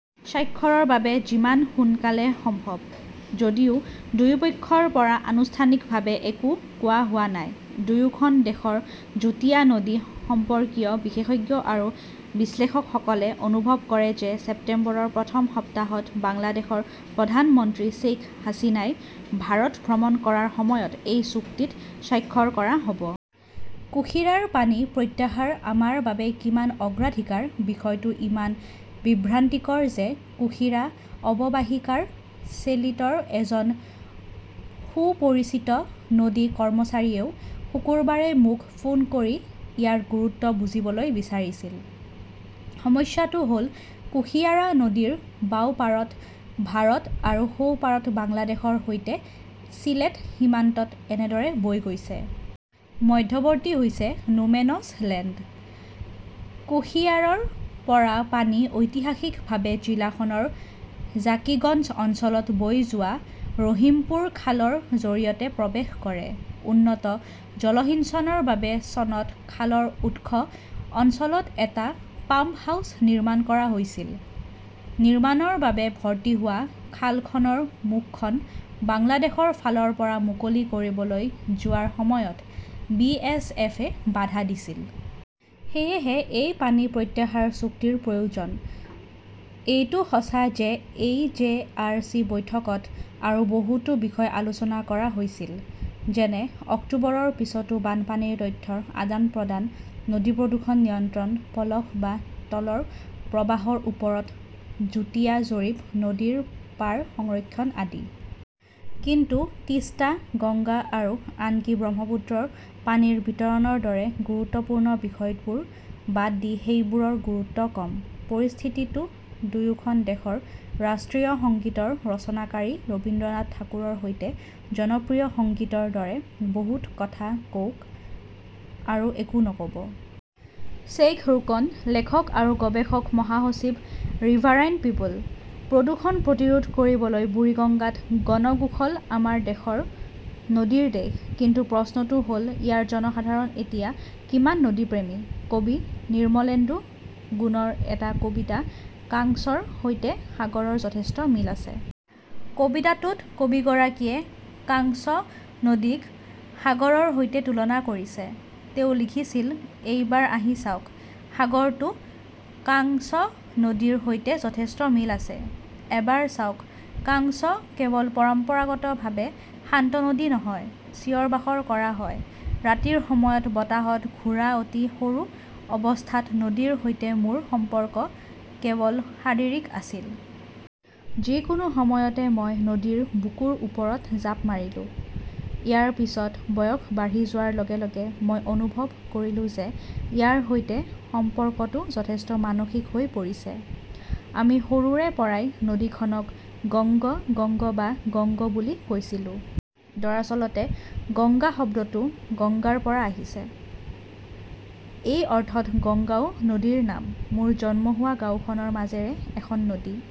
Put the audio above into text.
স্বাক্ষৰৰ বাবে 'যিমান সোনকালে সম্ভৱ'। যদিও দুয়োপক্ষৰ পৰা আনুষ্ঠানিকভাৱে একো কোৱা হোৱা নাই, দুয়োখন দেশৰ যুটীয়া নদী সম্পৰ্কীয় বিশেষজ্ঞ আৰু বিশ্লেষকসকলে অনুভৱ কৰে যে ছেপ্টেম্বৰৰ প্ৰথম সপ্তাহত বাংলাদেশৰ প্ৰধানমন্ত্ৰী শ্বেইখ হাছিনাই ভাৰত ভ্ৰমণ কৰাৰ সময়ত এই চুক্তিত স্বাক্ষৰ কৰা হ'ব। কুশীৰাৰ পানী প্ৰত্যাহাৰ আমাৰ বাবে কিমান অগ্ৰাধিকাৰ বিষয়টো ইমান বিভ্ৰান্তিকৰ যে কুশীৰা অৱবাহিকাৰ চেলিতৰ এজন সুপৰিচিত নদী কৰ্মচাৰীয়েও শুকুৰবাৰে মোক ফোন কৰি ইয়াৰ গুৰুত্ব বুজিবলৈ বিচাৰিছিল। সমস্যাটো হ 'ল কুশিয়াৰা নদীৰ বাওঁ পাৰত ভাৰত আৰু সোঁ পাৰত বাংলাদেশৰ সৈতে ছিলেট সীমান্তত এনেদৰে বৈ গৈছে। মধ্যৱৰ্তী হৈছে নোমেনছ লেণ্ড । কুশীয়াৰাৰ পৰা পানী ঐতিহাসিকভাৱে জিলাখনৰ জাকিগঞ্জ অঞ্চলত বৈ যোৱা ৰহিমপুৰ খালৰ জৰিয়তে প্ৰৱেশ কৰে। উন্নত জলসিঞ্চনৰ বাবে চনত খালৰ উৎস অঞ্চলত এটা পাম্পহাউছ নিৰ্মাণ কৰা হৈছিল। নিৰ্মাণৰ বাবে ভৰ্তি হোৱা খালখনৰ মুখখন বাংলাদেশৰ ফালৰ পৰা মুকলি কৰিবলৈ যোৱাৰ সময়ত বিএছএফ এ বাধা দিছিল। সেয়েহে এই 'পানী প্ৰত্যাহাৰ চুক্তি ৰ প্ৰয়োজন। এইটো সঁচা যে এই জে. আৰ. চি. বৈঠকত আৰু বহুতো বিষয় আলোচনা কৰা হৈছিল। যেনে অক্টোবৰৰ পিছতো বানপানীৰ তথ্যৰ আদান-প্ৰদান, নদী প্ৰদূষণ নিয়ন্ত্ৰণ, পলস বা তলৰ প্ৰবাহৰ ওপৰত যুটীয়া জৰীপ, নদীৰ পাৰ সংৰক্ষণ আদি। কিন্তু তীস্তা, গংগা আৰু আনকি ব্ৰহ্মপুত্ৰৰ পানীৰ বিতৰণৰ দৰে গুৰুত্বপূৰ্ণ বিষয়বোৰ বাদ দি সেইবোৰৰ গুৰুত্ব কম। পৰিস্থিতিটো দুয়োখন দেশৰ ৰাষ্ট্ৰীয় সংগীতৰ ৰচনাকাৰী ৰবীন্দ্ৰনাথ ঠাকুৰৰ সেই জনপ্ৰিয় সংগীতৰ দৰে-'বহুত কথা কওক আৰু একো নক'ব । শ্বেইখ ৰোকনঃ লেখক আৰু গৱেষক; মহাসচিব, ৰিভাৰাইন পিপল। প্ৰদূষণ প্ৰতিৰোধ কৰিবলৈ বুৰিগঙ্গাত গণ গোসল " আমাৰ দেশ নদীৰ দেশ। কিন্তু প্ৰশ্নটো হ ‘ল ইয়াৰ জনসাধাৰণ এতিয়া কিমান নদীপ্ৰেমী কবি নিৰ্মলেন্দু গুণৰ এটা কবিতা 'কাংছৰ সৈতে সাগৰৰ যথেষ্ট মিল আছে । কবিতাটোত কবিগৰাকীয়ে কাংছ নদীক সাগৰৰ সৈতে তুলনা কৰিছে। তেওঁ লিখিছিল এবাৰ আহি চাওক, সাগৰটো কাংছ নদীৰ সৈতে যথেষ্ট মিল আছে। এবাৰ চাওক, কাংছ কেৱল পৰম্পৰাগতভাৱে শান্ত নদী নহয়, চিঞৰ বাখৰ কৰা হয়, ৰাতিৰ সময়ত বতাহ ঘোঁৰা অতি সৰু অৱস্থাত নদীৰ সৈতে মোৰ সম্পৰ্ক কেৱল শাৰীৰিক আছিল। যিকোনো সময়তে মই নদীৰ বুকুৰ ওপৰত জাপ মাৰিলো। ইয়াৰ পিছত বয়স বাঢ়ি যোৱাৰ লগে লগে মই অনুভৱ কৰিলো যে ইয়াৰ সৈতে সম্পৰ্কটো যথেষ্ট মানসিক হৈ পৰিছে। আমি সৰুৰে পৰাই নদীখনক গংগ, গংগ বা গংগ বুলি কৈছিলোঁ। দৰাচলতে গংগা শব্দটো গংগাৰ পৰা আহিছে। এই অৰ্থত গঙ্গাও নদীৰ নাম। মোৰ জন্ম হোৱা গাওঁখনৰ মাজেৰে এখন নদী